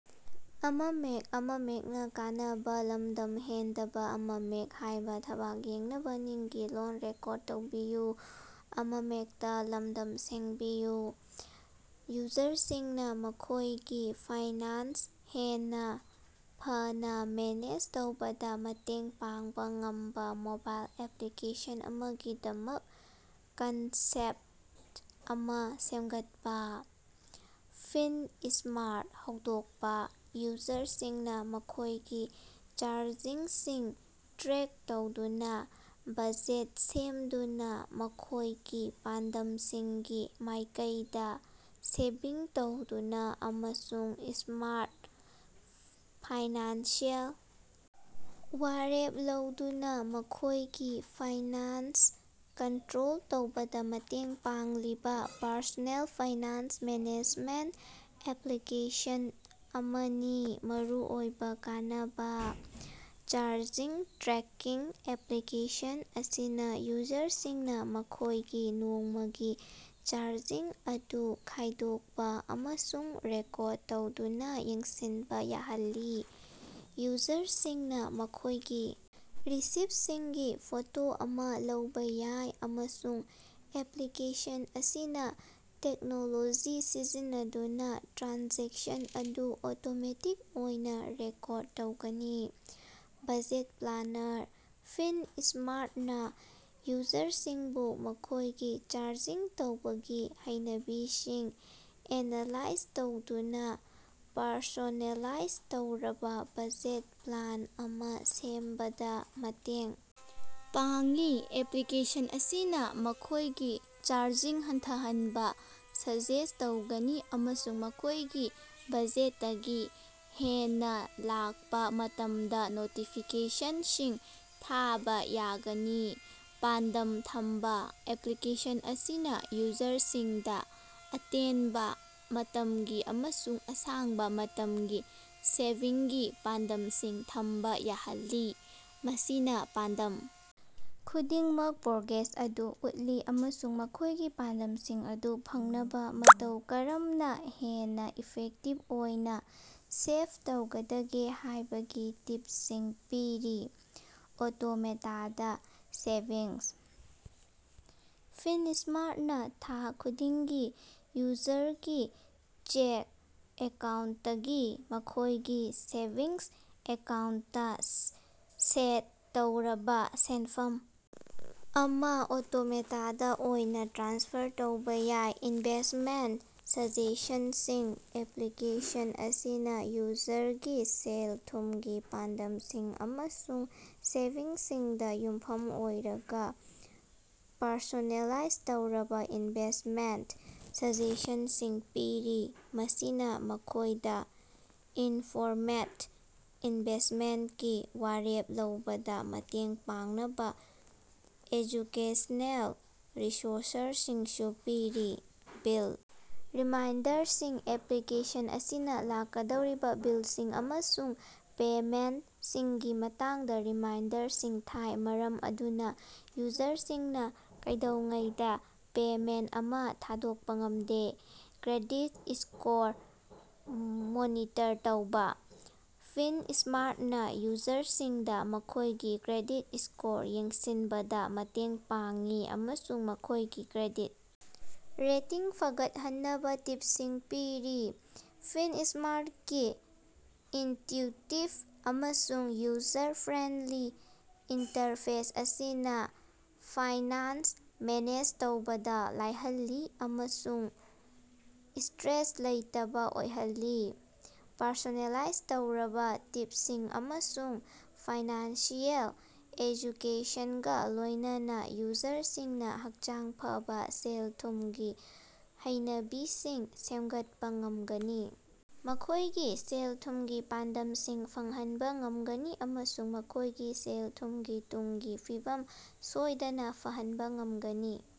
ꯌꯨꯖꯔꯁꯤꯡꯅꯥ ꯃꯈꯣꯏꯒꯤ ꯐꯥꯏꯅꯥꯟꯁ ꯍꯦꯟꯅꯥ ꯐꯅꯥ ꯃꯦꯅꯦꯖ ꯇꯧꯕꯗꯥ ꯃꯇꯦꯡ ꯄꯥꯡꯕꯥ ꯉꯝꯕꯥ ꯃꯣꯕꯥꯏꯜ ꯑꯦꯄ꯭ꯂꯤꯀꯦꯁꯟ ꯑꯃꯒꯤꯗꯃꯛ ꯀꯟꯁꯦꯞꯇ ꯑꯃꯥ ꯁꯦꯝꯒꯠꯄꯥ꯫ "ꯐꯤꯟꯁ꯭ꯃꯥꯔꯠ" ꯍꯧꯗꯣꯛꯄꯥ: ꯌꯨꯖꯔꯁꯤꯡꯅꯥ ꯃꯈꯣꯏꯒꯤ ꯆꯥꯔꯖꯤꯡꯁꯤꯡ ꯇ꯭ꯔꯦꯛ ꯇꯧꯗꯨꯅꯥ, ꯕꯖꯦꯠ ꯁꯦꯝꯗꯨꯅꯥ, ꯃꯈꯣꯢꯒꯤ ꯄꯥꯟꯗꯝꯁꯤꯡꯒꯤ ꯃꯥꯢꯀꯩꯗꯥ ꯁꯦꯚꯤꯡ ꯇꯧꯗꯨꯅꯥ ꯑꯃꯁꯨꯡ ꯁ꯭ꯃꯥꯔꯠ ꯐꯥꯏꯅꯥꯟꯁꯤꯑꯦꯜ ꯋꯥꯔꯦꯞ ꯂꯧꯗꯨꯅꯥ ꯃꯈꯣꯢꯒꯤ ꯐꯥꯏꯅꯥꯟꯁ ꯀꯟꯇ꯭ꯔꯣꯜ ꯇꯧꯕꯗꯥ ꯃꯇꯦꯡ ꯄꯥꯡꯂꯤꯕꯥ ꯄꯔꯁꯣꯅꯦꯜ ꯐꯥꯏꯅꯥꯟꯁ ꯃꯦꯅꯦꯖꯃꯦꯟꯇ ꯑꯦꯄ꯭ꯂꯤꯀꯦꯁꯟ ꯑꯃꯅꯤ꯫ ꯃꯔꯨꯑꯣꯏꯕꯥ ꯀꯥꯟꯅꯕ: ꯆꯥꯔꯖꯤꯡ ꯇ꯭ꯔꯦꯀꯤꯡ- ꯑꯦꯄ꯭ꯂꯥꯀꯦꯁꯟ ꯑꯁꯤꯅꯥ ꯌꯨꯖꯔꯁꯤꯡꯅꯥ ꯃꯈꯣꯏꯒꯤ ꯅꯣꯡꯃꯒꯤ ꯆꯥꯔꯖꯤꯡ ꯑꯗꯨ ꯈꯥꯢꯗꯣꯛꯄ ꯑꯃꯁꯨꯡ ꯔꯦꯀꯣꯔꯗ ꯇꯧꯗꯨꯅꯥ ꯌꯦꯡꯁꯤꯟꯕꯥ ꯌꯥꯍꯜꯂꯤ꯫ ꯌꯨꯖꯔꯁꯤꯡꯅꯥ ꯃꯈꯣꯢꯒꯤ ꯔꯤꯁꯤꯞꯁꯤꯡꯒꯤ ꯐꯣꯇꯣ ꯑꯃꯥ ꯂꯧꯕꯥ ꯌꯥꯏ, ꯑꯃꯁꯨꯡ ꯑꯦꯄ꯭ꯂꯤꯀꯦꯁꯟ ꯑꯁꯤꯅꯥ ꯇꯦꯛꯅꯣꯂꯣꯖꯤ ꯁꯤꯖꯤꯟꯅꯗꯨꯅꯥ ꯇ꯭ꯔꯥꯟꯖꯦꯛꯁꯟ ꯑꯗꯨ ꯑꯣꯇꯣꯃꯦꯇꯤꯛ ꯑꯣꯏꯅꯥ ꯔꯦꯀꯣꯔꯗ ꯇꯧꯒꯅꯤ꯫ ꯕꯖꯦꯠ ꯄ꯭ꯂꯥꯅꯔ- ꯐꯤꯟꯁ꯭ꯃꯥꯔꯇꯅꯥ ꯌꯨꯖꯔꯁꯤꯡꯕꯨ ꯃꯈꯣꯢꯒꯤ ꯆꯥꯔꯖꯤꯡ ꯇꯧꯕꯒꯤ ꯍꯩꯅꯕꯤꯁꯤꯡ ꯑꯦꯅꯥꯂꯥꯏꯖ ꯇꯧꯗꯨꯅꯥ ꯄꯔꯁꯣꯅꯦꯂꯥꯏꯖ ꯇꯧꯔꯕꯥ ꯕꯖꯦꯠ ꯄ꯭ꯂꯥꯟ ꯑꯃꯥ ꯁꯦꯝꯕꯗꯥ ꯃꯇꯦꯡ ꯄꯥꯡꯏ꯫ ꯑꯦꯄ꯭ꯂꯤꯀꯦꯁꯟ ꯑꯁꯤꯅꯥ ꯃꯈꯣꯢꯒꯤ ꯆꯥꯔꯖꯤꯡ ꯍꯟꯊꯍꯟꯕꯥ ꯁꯖꯦꯁ꯭ꯠ ꯇꯧꯒꯅꯤ ꯑꯃꯁꯨꯡ ꯃꯈꯣꯢꯒꯤ ꯕꯖꯦꯠꯇꯒꯤ ꯍꯦꯟꯅꯥ ꯂꯥꯛꯄꯥ ꯃꯇꯝꯗꯥ ꯅꯣꯇꯤꯐꯤꯀꯦꯁꯟꯁꯤꯡ ꯊꯥꯕꯥ ꯌꯥꯒꯅꯤ꯫ ꯄꯥꯟꯗꯝ ꯊꯝꯕꯥ- ꯑꯦꯄ꯭ꯂꯤꯀꯦꯁꯟ ꯑꯁꯤꯅꯥ ꯌꯨꯖꯔꯁꯤꯡꯗꯥ ꯑꯇꯦꯟꯕꯥ ꯃꯇꯝꯒꯤ ꯑꯃꯁꯨꯡ ꯑꯁꯥꯡꯕꯥ ꯃꯇꯝꯒꯤ ꯁꯦꯚꯤꯡꯒꯤ ꯄꯥꯟꯗꯝꯁꯤꯡ ꯊꯝꯕꯥ ꯌꯥꯍꯜꯂꯤ꯫ ꯃꯁꯤꯅꯥ ꯄꯥꯟꯗꯝ ꯈꯨꯗꯤꯡꯃꯛ ꯄ꯭ꯔꯣꯒ꯭ꯔꯦꯁ ꯑꯗꯨ ꯎꯠꯂꯤ ꯑꯃꯁꯨꯡ ꯃꯈꯣꯢꯒꯤ ꯄꯥꯟꯗꯝꯁꯤꯡ ꯑꯗꯨ ꯐꯪꯅꯕꯥ ꯃꯇꯧ ꯀꯔꯝꯅꯥ ꯍꯦꯟꯅꯥ ꯏꯐꯦꯛꯇꯤꯚ ꯑꯣꯏꯅꯥ ꯁꯦꯚ ꯇꯧꯒꯗꯒꯦ ꯍꯥꯢꯕꯒꯤ ꯇꯤꯞꯁꯤꯡ ꯄꯤꯔꯤ꯫ ꯑꯣꯇꯣꯃꯦꯇꯦꯗ ꯁꯦꯚꯤꯡꯁ- ꯐꯤꯟꯁ꯭ꯃꯥꯔꯇꯅꯥ ꯊꯥ ꯈꯨꯗꯤꯡꯒꯤ ꯌꯨꯖꯔꯒꯤ ꯆꯦꯛ ꯑꯦꯀꯥꯎꯟꯇꯇꯒꯤ ꯃꯈꯣꯢꯒꯤ ꯁꯦꯚꯤꯡꯁ ꯑꯦꯀꯥꯎꯟꯇꯇꯥ ꯁꯦꯠ ꯇꯧꯔꯕꯥ ꯁꯦꯟꯐꯝ ꯑꯃꯥ ꯑꯣꯇꯣꯃꯦꯇꯦꯗ ꯑꯣꯏꯅꯥ ꯇ꯭ꯔꯥꯟꯁꯐꯔ ꯇꯧꯕꯥ ꯌꯥꯏ꯫ ꯏꯟꯚꯦꯁ꯭ꯇꯃꯦꯟꯇ ꯁꯖꯦꯁꯟꯁꯤꯡ- ꯑꯦꯄ꯭ꯂꯤꯀꯦꯁꯟ ꯑꯁꯤꯅꯥ ꯌꯨꯖꯔꯒꯤꯁꯦꯜ-ꯊꯨꯝꯒꯤ ꯄꯥꯟꯗꯝꯁꯤꯡ ꯑꯃꯁꯨꯡ ꯁꯦꯚꯤꯡꯁꯤꯡꯗꯥ ꯌꯨꯝꯐꯨꯝ ꯑꯣꯏꯔꯒꯥ ꯄꯔꯁꯣꯅꯦꯂꯥꯢꯖ ꯇꯧꯔꯕꯥ ꯏꯟꯚꯦꯁ꯭ꯇꯃꯦꯟꯇ ꯁꯖꯦꯁꯟꯁꯤꯡ ꯄꯤꯔꯤ꯫ ꯃꯁꯤꯅꯥ ꯃꯈꯣꯢꯗꯥ ꯏꯟꯐꯣꯔꯃꯦꯗ ꯏꯟꯚꯦꯁ꯭ꯇꯃꯦꯟꯇꯀꯤ ꯋꯥꯔꯦꯞ ꯂꯧꯕꯗꯥ ꯃꯇꯦꯡ ꯄꯥꯡꯅꯕꯥ ꯑꯦꯖꯨꯀꯦꯁꯅꯦꯜ ꯔꯤꯁꯣꯔꯁꯁꯤꯡꯁꯨ ꯄꯤꯔꯤ꯫ ꯕꯤꯜ ꯔꯤꯃꯥꯏꯟꯗꯔꯁꯤꯡ- ꯑꯦꯄ꯭ꯂꯤꯀꯦꯁꯟ ꯑꯁꯤꯅꯥ ꯂꯥꯛꯀꯗꯧꯔꯤꯕꯥ ꯕꯤꯜꯁꯤꯡ ꯑꯃꯁꯨꯡ ꯄꯦꯃꯦꯟꯇꯁꯤꯡꯒꯤ ꯃꯇꯥꯡꯗꯥ ꯔꯤꯃꯥꯏꯟꯗꯔꯁꯤꯡ ꯊꯥꯏ, ꯃꯔꯝ ꯑꯗꯨꯅꯥ ꯌꯨꯖꯔꯁꯤꯡꯅꯥ ꯀꯩꯗꯧꯉꯩꯗꯥ ꯄꯦꯃꯦꯟꯇ ꯑꯃꯥ ꯊꯥꯗꯣꯛꯄꯥ ꯉꯝꯗꯦ꯫ ꯀ꯭ꯔꯦꯗꯤꯠ ꯁ꯭ꯀꯣꯔ ꯃꯣꯅꯤꯇꯔ ꯇꯧꯕꯥ- ꯐꯤꯟꯁ꯭ꯃꯥꯔꯇꯅꯥ ꯌꯨꯖꯔꯁꯤꯡꯗꯥ ꯃꯈꯣꯢꯒꯤ ꯀ꯭ꯔꯦꯗꯤꯠ ꯁ꯭ꯀꯣꯔ ꯌꯦꯡꯁꯤꯟꯕꯗꯥ ꯃꯇꯦꯡ ꯄꯥꯡꯏ ꯑꯃꯁꯨꯡ ꯃꯈꯣꯢꯒꯤ ꯀ꯭ꯔꯦꯗꯤꯠ ꯔꯦꯇꯤꯡ ꯐꯒꯠꯍꯟꯅꯕꯥ ꯇꯤꯞꯁꯤꯡ ꯄꯤꯔꯤ꯫ ꯐꯤꯟꯁ꯭ꯃꯥꯔꯇꯀꯤ ꯏꯟꯇ꯭ꯌꯨꯇꯤꯕ ꯑꯃꯁꯨꯡ ꯌꯨꯖꯔ ꯐ꯭ꯔꯦꯟꯗꯂꯤ ꯏꯟꯇꯔꯐꯦꯁ ꯑꯁꯤꯅꯥ ꯐꯥꯏꯅꯥꯟꯁ ꯃꯦꯅꯦꯖ ꯇꯧꯕꯗꯥ ꯂꯥꯏꯍꯜꯂꯤ ꯑꯃꯁꯨꯡ ꯁꯇ꯭ꯔꯦꯁ ꯂꯩꯇꯕꯥ ꯑꯣꯏꯍꯜꯂꯤ꯫ ꯄꯔꯁꯣꯅꯦꯂꯥꯏꯖ ꯇꯧꯔꯕꯥ ꯇꯤꯞꯁꯤꯡ ꯑꯃꯁꯨꯡ ꯐꯥꯏꯅꯥꯟꯁꯤꯑꯦꯜ ꯑꯦꯖꯨꯀꯦꯁꯟꯒꯥ ꯂꯣꯢꯅꯅꯥ ꯌꯨꯖꯔꯁꯤꯡꯅꯥ ꯍꯛꯆꯥꯡ ꯐꯕꯥ ꯁꯦꯜ-ꯊꯨꯝꯒꯤ ꯍꯩꯅꯕꯤꯁꯤꯡ ꯁꯦꯝꯒꯠꯄꯥ ꯉꯝꯒꯅꯤ ꯃꯈꯣꯢꯒꯤ ꯁꯦꯜ-ꯊꯨꯝꯒꯤ ꯄꯥꯟꯗꯝꯁꯤꯡ ꯐꯪꯍꯟꯕꯥ ꯉꯝꯒꯅꯤ ꯑꯃꯁꯨꯡ ꯃꯈꯣꯢꯒꯤ ꯁꯦꯜ-ꯊꯨꯝꯒꯤ ꯇꯨꯡꯒꯤ ꯐꯤꯕꯝ ꯁꯣꯢꯗꯅꯥ ꯐꯍꯟꯕ ꯉꯝꯒꯅꯤ꯫